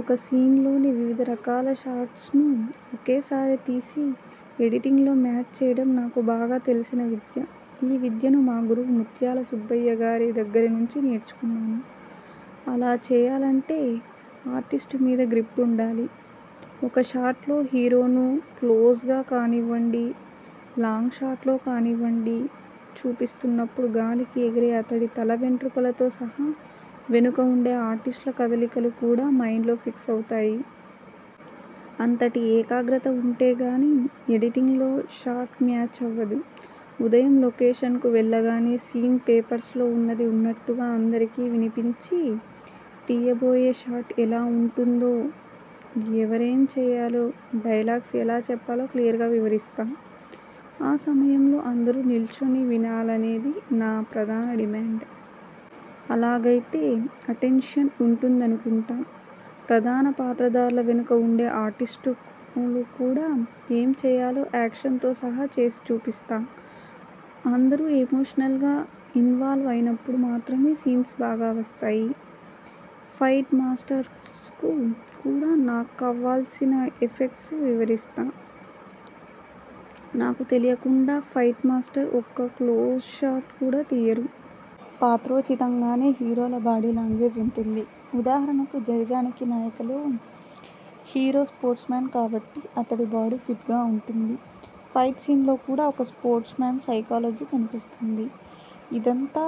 ఒక సీన్లోని వివిధ రకాల షాట్స్ను ఒకేసారి తీసి ఎడిటింగ్లో మ్యాచ్ చేయడం నాకు బాగా తెలిసిన విద్య. ఈ విద్యను మా గురువు ముత్యాల సుబ్బయ్యగారి దగ్గరి నుంచి నేర్చుకున్నాను. అలా చేయాలంటే ఆర్టిస్టు మీద గ్రిప్ ఉండాలి. ఒక షాట్లో హీరోను క్లోజ్గా కానివ్వండి, లాంగ్షాట్లో కానివ్వండి చూపిస్తున్నప్పుడు గాలికి ఎగిరే అతడి తల వెంట్రుకలతో సహా వెనుక ఉండే ఆర్టిస్టుల కదలికలు కూడా మైండ్లో ఫిక్స్ అవుతాయి. అంతటి ఏకాగ్రత ఉంటేగానీ ఎడిటింగ్లో షాట్ మ్యాచ్ అవ్వదు. ఉదయం లొకేషన్కు వెళ్లగానే సీన్ పేపర్స్లో ఉన్నది ఉన్నట్టుగా అందరికీ వినిపించి, తీయబోయే షాట్ ఎలా ఉంటుందో, ఎవరేం చేయాలో, డైలాగ్స్ ఎలా చెప్పాలో క్లియర్గా వివరిస్తా. ఆ సమయంలో అందరూ నిల్చునే వినాలనేది నా ప్రధాన డిమాండ్. అలాగైతేనే అటెన్షన్ ఉంటుందనుకుంటా. ప్రధాన పాత్రధారుల వెనుక ఉండే ఆర్టిస్టులు కూడా ఏం చేయాలో యాక్షన్తో సహా చేసి చూపిస్తా. అందరూ ఎమోషనల్గా ఇన్వాల్వ్ అయినప్పుడు మాత్రమే సీన్స్ బాగా వస్తాయి. ఫైట్ మాస్టర్స్కు కూడా నాక్కావాల్సిన ఎఫెక్ట్ను వివరిస్తా. నాకు తెలియకుండా ఫైట్మాస్టర్స్ ఒక్క క్లోజ్షాట్ కూడా తీయరు. పాత్రోచితంగానే హీరోల బాడీలాంగ్వేజ్ ఉంటుంది. ఉదాహరణకు 'జయ జానకి నాయక'లో హీరో స్పోర్ట్స్మ్యాన్ కాబట్టి అతడి బాడీ ఫిట్గా ఉంటుంది. ఫైట్ సీన్స్లో కూడా ఒక స్పోర్ట్స్మ్యాన్ సైకాలజీ కనిపిస్తుంది. ఇదంతా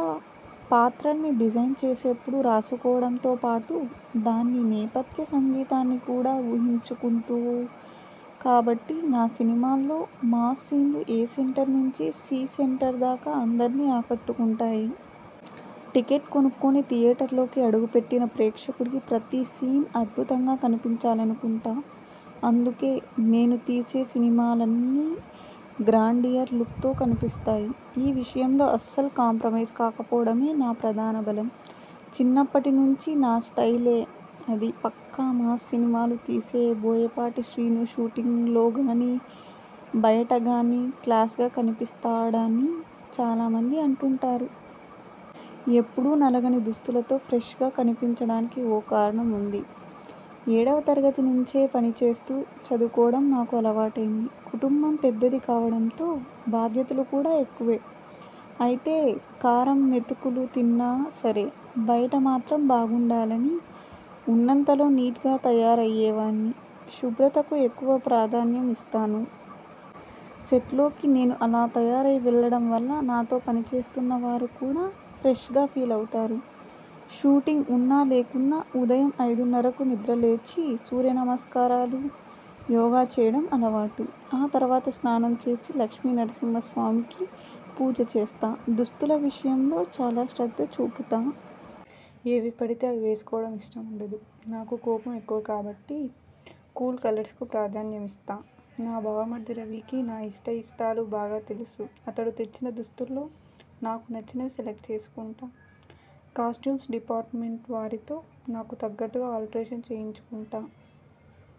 పాత్రల్ని డిజైన్ చేసేప్పుడే రాసుకోవడంతో పాటు, దాని నేపథ్య సంగీతాన్ని కూడా ఊహించుకుంటా కాబట్టి నా సినిమాల్లో మాస్ సీన్లు ఏ సెంటర్ నుంచి సి సెంటర్దాకా అందర్నీ ఆకట్టుకుంటాయి. టికెట్ కొనుక్కుని థియేటర్లోకి అడుగు పెట్టిన ప్రేక్షకుడికి ప్రతీ సీన్ అద్భుతంగా కనిపించాలనుకుంటా. అందుకే నేను తీసే సినిమాలన్నీ గ్రాండియర్ లుక్తో కనిపిస్తాయి. ఈ విషయంలో అస్సలు కాంప్రమైజ్ కాకపోవడమే నా ప్రధాన బలం. చిన్నప్పటి నుంచి నా 'స్టయిలే' అది 'పక్కా మాస్ సినిమాలు తీసే బోయపాటి శ్రీను షూటింగ్లోగానీ, బయటగానీ క్లాస్గా కనిపిస్తాడ'ని చాలామంది అంటుంటారు. ఎప్పుడూ నలగని దుస్తులతో 'ఫ్రెష్'గా కనిపించడానికి ఓ కారణం ఉంది. ఏడవ తరగతి నుంచే పనిచేస్తూ చదువుకోవడం నాకు అలవాటైంది. కుటుంబం పెద్దది కావడంతో బాధ్యతలు కూడా ఎక్కువే. అయితే కారం మెతుకులు తిన్నా సరే బయట మాత్రం బాగుండాలని, ఉన్నంతలో నీట్గా తయారయ్యేవాణ్ణి. శుభ్రతకు ఎక్కువ ప్రాధాన్యం ఇస్తాను. సెట్లోకి నేను అలా తయారై వెళ్లడం వల్ల నాతో పనిచేస్తున్నవారు కూడా ఫ్రెష్గా ఫీలవుతారు. షూటింగ్ ఉన్నా లేకున్నా ఉదయం ఐదున్నరకు నిద్రలేచి, సూర్య నమస్కారాలు, యోగా చేయడం అలవాటు. ఆ తర్వాత స్నానం చేసి లక్ష్మీనరసింహస్వామికి పూజ చేస్తా. దుస్తుల విషయంలో చాలా శ్రద్ధ చూపుతా. ఏవి పడితే అవి వేసుకోవడం ఇష్టం ఉండదు. నాకు కోపం ఎక్కువ కాబట్టి, కూల్కలర్స్కు ప్రాధాన్యం ఇస్తా. నా బావమరిది రవికి నా ఇష్టాయిష్టాలు బాగా తెలుసు. అతడు తెచ్చిన దుస్తుల్లో నాకు నచ్చినవి సెలెక్ట్ చేసుకుంటా. కాస్ట్యూమ్స్ డిపార్ట్మెంట్వారితో నాకు తగ్గట్టుగా ఆలే్ట్రషన్ చేయించుకుంటా.